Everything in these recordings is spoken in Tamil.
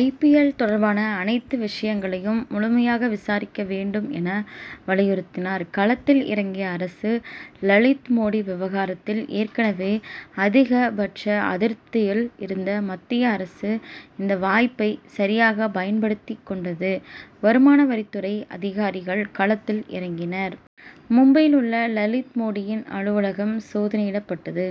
ஐ. பி. எல். தொடர்பான அனைத்து விஷயங்களையும் முழுமையாக விசாரிக்க வேண்டும் என வலியுறுத்தினார். களத்தில் இறங்கிய அரசு லலித் மோடி விவகாரத்தில் ஏற்கனவே அதிக பட்ச அதிருப்தியில் இருந்த மத்திய அரசு இந்த வாய்ப்பை சரியாக பயன் படுத்திக் கொண்டது. வருமானவரித் துறை அதிகாரிகள் களத்தில் இறங்கினர். மும்பையில் உள்ள லலித் மோடியின் அலுவலகம் சோதனையிடப்பட்டது.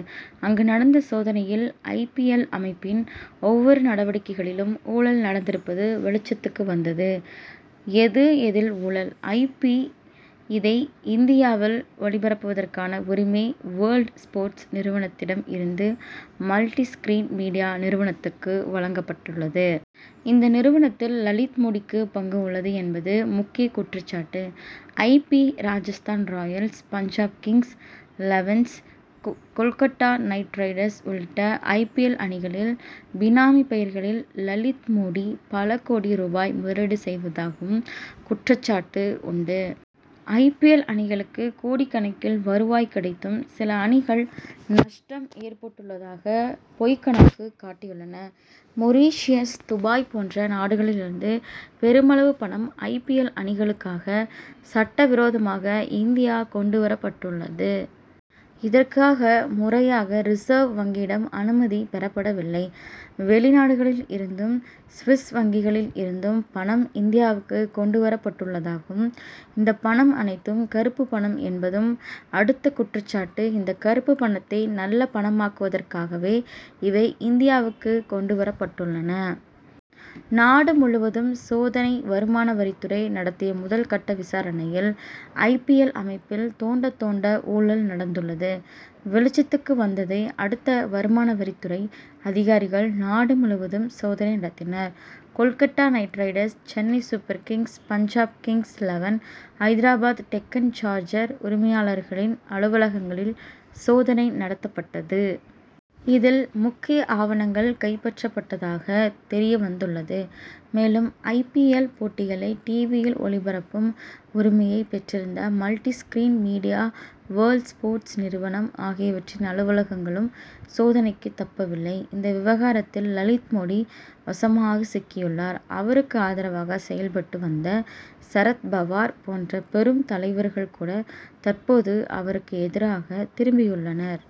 அங்கு நடந்த சோதனையில் ஐ. பி. எல். அமைப்பின் ஒவ்வொரு நடவடிக்கைகளிலும் ஊழல் நடந்திருப்பது வெளிச்சத்துக்கு வந்தது. எது எதில் ஊழல்? ஐ. பி. இதை இந்தியாவில் ஒளிபரப்புவதற்கான உரிமையை வேர்ல்டு ஸ்போர்ட்ஸ் நிறுவனத்திடம் இருந்து மல்டி ஸ்கிரீன் மீடியா நிறுவனத்துக்கு வழங்கப்பட்டுள்ளது. இந்த நிறுவனத்தில் லலித் மோடிக்கு பங்கு உள்ளது என்பது முக்கிய குற்றச் சாட்டு. I. P. Rajasthan Royals Punjab Kings Elevens Kolkata Knight Riders உள்ளிட்ட ஐ. பி. எல் அணிகளில் பினாமி பெயர்களில் லலித் மோடி பல கோடி ரூபாய் முதலீடு செய்ததாகவும் குற்றச்சாட்டு உண்டு. ஐ. பி. எல். அணிகளுக்கு கோடிக் கணக்கில் வருவாய் கிடைத்தும் சில அணிகள் நஷ்டம் ஏற்பட்டுள்ளதாக பொய் கணக்கு காட்டியுள்ளன. மொரிஷியஸ் துபாய் போன்ற நாடுகளில் இருந்து பெருமளவு பணம் ஐ. பி. எல். அணிகளுக் காக சட்ட விரோதமாக இந்தியா கொண்டு வரப் பட்டுள்ளது. இதற்காக முறையாக ரிசர்வ் வங்கியிடம் அனுமதி பெறப்படவில்லை. வெளிநாடுகளில் இருந்தும் சுவிஸ் வங்கிகளில் இருந்தும் பணம் இந்தியாவுக்கு கொண்டு வரப் பட்டுள்ளதாகவும் இந்த பணம் அனைத்தும் கருப்பு பணம் என்பதும் அடுத்த குற்றச் சாட்டு. இந்த கருப்பு பணத்தை நல்ல பணமாக்குவதற்காகவே இவை இந்தியாவுக்கு கொண்டு வரப்பட்டுள்ளன. நாடு முழுவதும் சோதனை வருமான வரித் துறை நடத்திய முதல் கட்ட விசாரணையில் ஐ. பி. எல். அமைப்பில் தோண்ட தோண்ட ஊழல் நடந்துள்ளது வெளிச்சத்துக்கு வந்ததை அடுத்து வருமானவரித் துறை அதிகாரிகள் நாடு முழுவதும் சோதனை நடத்தினர். Kolkata Knight Riders Chennai Super Kings, Punjab Kings Eleven Hyderabad Deccan Charger உரிமையாளர்களின் அலுவலகங்களில் சோதனை நடத்தப்பட்டது. இதில் முக்கிய ஆவணங்கள் கைப்பற்றப்பட்டதாக தெரியவந்துள்ளது. மேலும் ஐ. பி. எல். போட்டிகளை டிவி யில் ஒளிபரப்பும் உரிமையை பெற்றிருந்த multi screen media world sports நிறுவனம் ஆகியற்றின் அலுவலகங்களும் சோதனைக்கு தப்பவில்லை. இந்த விவகாரத்தில் லலித் மோடி வசமாக சிக்கியுள்ளார். அவருக்கு ஆதரவாக செயல்பட்டு வந்த சரத் பவார் போன்ற பெரும் தலைகள் கூட தற்போது அவருக்கு எதிராக திரும்பியுள்ளனர்.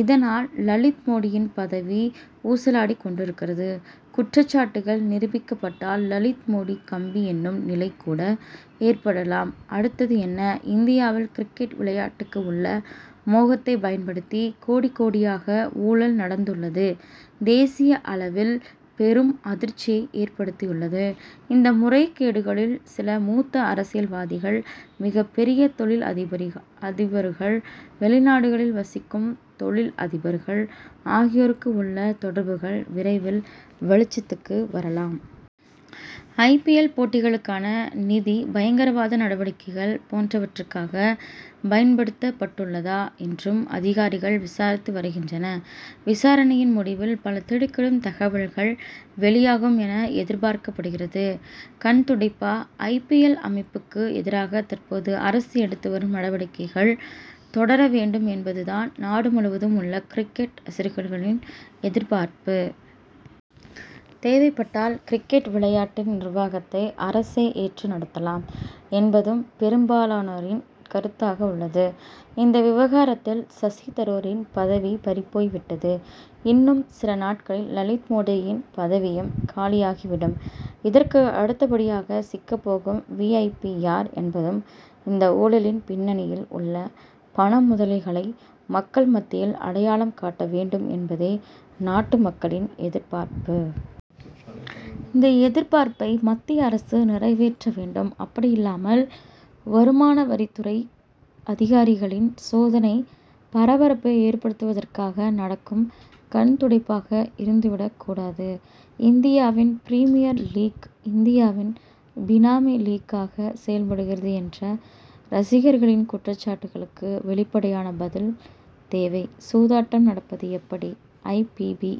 இதனால் லலித் மோடியின் பதவி ஊசலாடிக் கொண்டிருக்கிறது. குற்றச்சாட்டுகள் நிரூபிக்கப்பட்டால் லலித் மோடி கம்பி எண்ணும் நிலை கூட ஏற்படலாம். அடுத்தது என்ன? இந்தியாவில் கிரிக்கெட் விளையாட்டுக்கு உள்ள மோகத்தை பயன்படுத்தி கோடி, கோடியாக ஊழல் நடந்துள்ளது தேசிய அளவில் பெரும் அதிர்ச்சியை ஏற்படுத்தியுள்ளது. இந்த முறைகேடுகளில் சில மூத்த அரசியல்வாதிகள் மிகப் பெரிய தொழில் அதிபர்கள் வெளிநாடுகளில் வசிக்கும் தொழில் அதிபர்கள் ஆகியோருக்கு உள்ள தொடர்புகள் விரைவில் வெளிச்சத்துக்கு வரலாம். ஐ. பி. எல். போட்டிகளுக்கான நிதி பயங்கரவாத நடவடிக்கைகள் போன்றவற்றுக்காக பயன்படுத்தப் பட்டுள்ளதா என்றும் அதிகாரிகள் விசாரித்து வருகின்றனர். விசாரணையின் முடிவில் பல திடுக்கிடும் தகவல்கள் வெளியாகும் என எதிர்பார்க்கப்படுகிறது. கண்துடைப்பா? ஐ. பி. எல். அமைப் புக்கு எதிராக தற்போது அரசு எடுத்து வரும் நடவடிக்கைகள் தொடர வேண்டும் என்பது தான் நாடு முழுவதும் உள்ள கிரிக்கெட் ரசிகர்களின் எதிர்பார்ப்பு. தேவைப்பட்டால் கிரிக்கெட் விளையாட்டின் நிர்வாகத்தை அரசே ஏற்று நடத்தலாம் என்பதும் பெரும்பாலானோரின் கருத்தாக உள்ளது. இந்த விவகாரத்தில் சசி தரூரின் பதவி பறிபோய்விட்டது. இன்னும் சில நாட்களில் லலித் மோடியின் பதவியும் காலியாகி விடும். இதற்கு அடுத்தபடியாக சிக்கப் போகும் வி. ஐ. பி. யார் என்பதும் இந்த ஊழலின் பின்னணியில் உள்ள பண முதலைகளை மக்கள் மத்தியில் அடையாளம் காட்ட வேண்டும் என்பதே நாட்டு மக்களின் எதிர்பார்ப்பு. இந்த எதிர்பார்ப்பை மத்திய அரசு நிறைவேற்ற வேண்டும். அப்படியில்லாமல் வருமானவரித் துறை அதிகாரிகளின் சோதனை பரபரப்பை ஏற்படுத்துவதற்காக நடக்கும் கண் துடைப்பாக இருந்து விடக் கூடாது. Indian premier league. இந்தியன் பினாமி லீக்.காக செயல்படுகிறது என்ற ரசிகர்களின் குற்றச்சாட்டுகளுக்கு வெளிப்படையான பதில் தேவை. சூதாட்டம் நடப்பது எப்படி? ஐ. பி. பி.